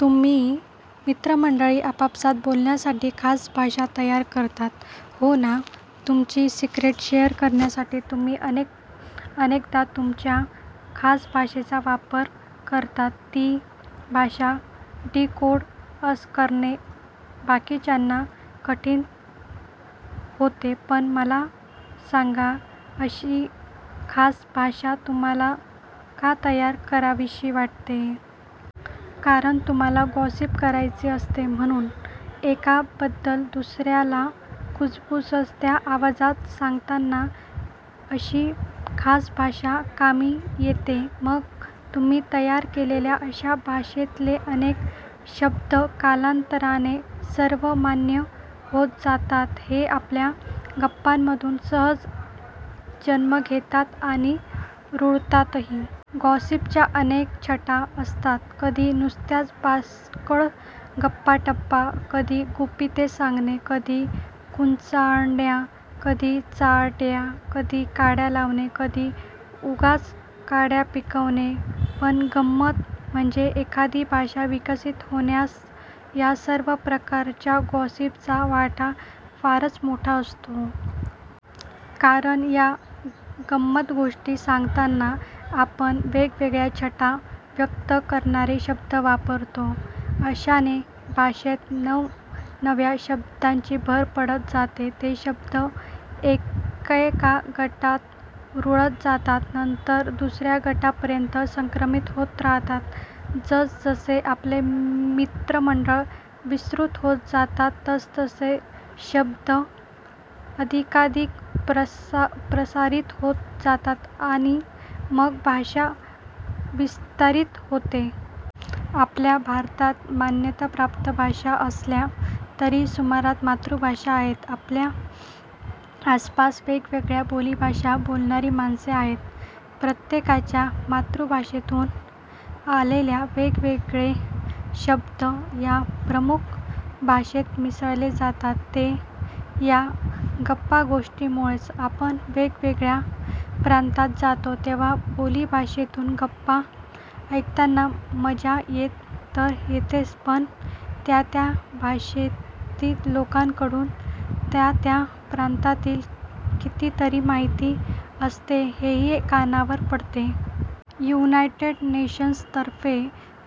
तुम्ही मित्रमंडळी आपापसात बोलण्यासाठी खास भाषा तयार करता. हो ना? तुमची सिक्रेटस् शेअर करण्यासाठी तुम्ही अनेकदा तुमच्या खास भाषेचा वापर करता. ती भाषा डीकोड करणे बाकीच्यांना कठीण होते. पण मला सांगा, अशी खास भाषा तुम्हांला का तयार करावीशी वाटते? कारण, तुम्हांला गॉसिपिंग करायचे असते, म्हणून! एकाबद्दल दुसऱ्याला कुजबुजत्या आवाजात सांगताना अशी खास भाषा कामी येते. मग तुम्ही तयार केलेल्या अशा भाषेतले अनेक शब्द कालांतराने सर्वमान्य होत जातात. ते आपल्या गप्पांमधून सहज जन्म घेतात आणि रुळतातही. गॉसिपिंगच्या अनेक छटा असतात. कधी नुसत्याच बाष्कळ गप्पाटप्पा, कधी गुपिते सांगणे, कधी कुचाळक्या, कधी चहाड्या, कधी काड्या लावणे, कधी उगाच कंड्या पिकवणे... पण गंमत म्हणजे एखादी भाषा विकसित होण्यात या सर्व प्रकारच्या गॉसिपचा वाटा फारच मोठा असतो. कारण अशा गम्मतगोष्टी सांगताना आपण वेगवेगळ्या छटा व्यक्त करणारे शब्द वापरतो. अशाने भाषेत नवनव्या शब्दांची भर पडत जाते. ते शब्द एकेका गटात रुळत जातात; नंतर दुसऱ्या गटांपर्यंत संक्रमित होत राहतात. जसजसे आपले मित्रमंडळ विस्तृत होत जाते, तसतसे नवे शब्द अधिकाधिक प्रसारित होत जातात आणि मग भाषा विस्तारित होते. आपल्या भारतात मान्यताप्राप्त भाषा असल्या, तरी सुमारे मातृभाषा आहेत. आपल्या आसपास वेगवेगळ्या बोलीभाषा बोलणारी माणसे असतात. प्रत्येकाच्या मातृभाषेतून आलेले वेगवेगळे शब्द या प्रमुख भाषांत मिसळले जातात, ते या गप्पागोष्टींमुळेच. आपण वेगवेगळ्या प्रांतात जातो तेव्हा बोलीभाषेतून गप्पा ऐकताना मजा तर येतेच, पण त्या त्या भाषिक लोकांकडे त्या त्या प्रांतातली कितीतरी माहिती असते, तीही कानावर पडते. 'युनायटेड नेशन्स'तर्फे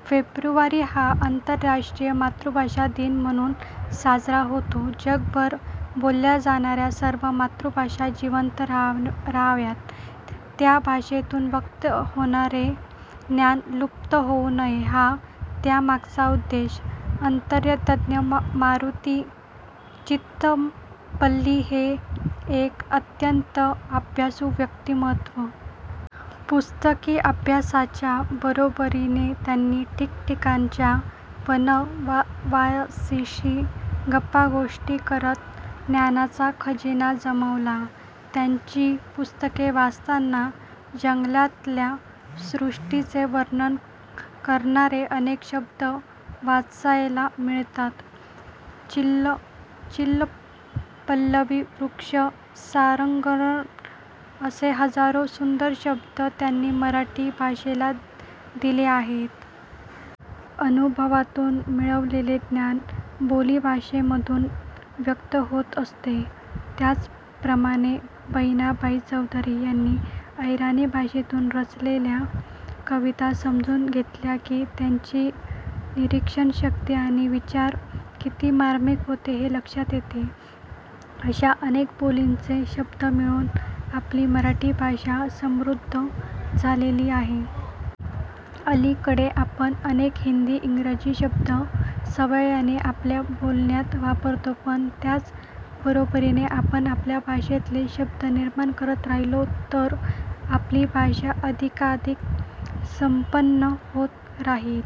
फेब्रुवारी हा आंतरराष्ट्रीय मातृभाषा दिन म्हणून साजरा होतो. जगभर बोलल्या जाणाऱ्या सर्व मातृभाषा जिवंत राहाव्यात, त्या भाषांतून व्यक्त होणारे ज्ञान लुप्त होऊ नये, हा त्यामागचा उद्देश. अरण्यतज्ज्ञ मारुती चितमपल्ली हे एक अत्यंत अभ्यासू व्यक्तिमत्त्व. पुस्तकी अभ्यासाच्या बरोबरीने त्यांनी ठिकठिकाणच्या वनवासींशी गप्पागोष्टी करत ज्ञानाचा खजिना जमवला. त्यांची पुस्तके वाचताना जंगलातल्या सृष्टीचे वर्णन करणारे अनेक शब्द वाचायला मिळतात. चिरपल्लवी वृक्ष, सारंगागर असे हजारो सुंदर शब्द त्यांनी मराठी भाषेला दिले आहेत. अनुभवातून मिळवलेले ज्ञान बोलीभाषांमधून व्यक्त होत असते. त्याचप्रमाणे बहिणाबाई चौधरी यांनी अहिराणी भाषेतून रचलेल्या कविता समजून घेतल्या की, त्यांची निरीक्षणशक्ती आणि विचार किती मार्मिक होते, ते लक्षात येते. अशा अनेक बोलींचे शब्द मिळून आपली मराठी भाषा समृद्ध झालेली आहे. अलीकडे आपण अनेक हिंदी, इंग्रजी शब्द सवयीने आपल्या बोलण्यात वापरतो. पण त्याच बरोबरीने आपण आपल्या भाषेतले शब्द निर्माण करत राहिलो तर आपली भाषा अधिकाधिक संपन्न होत राहील.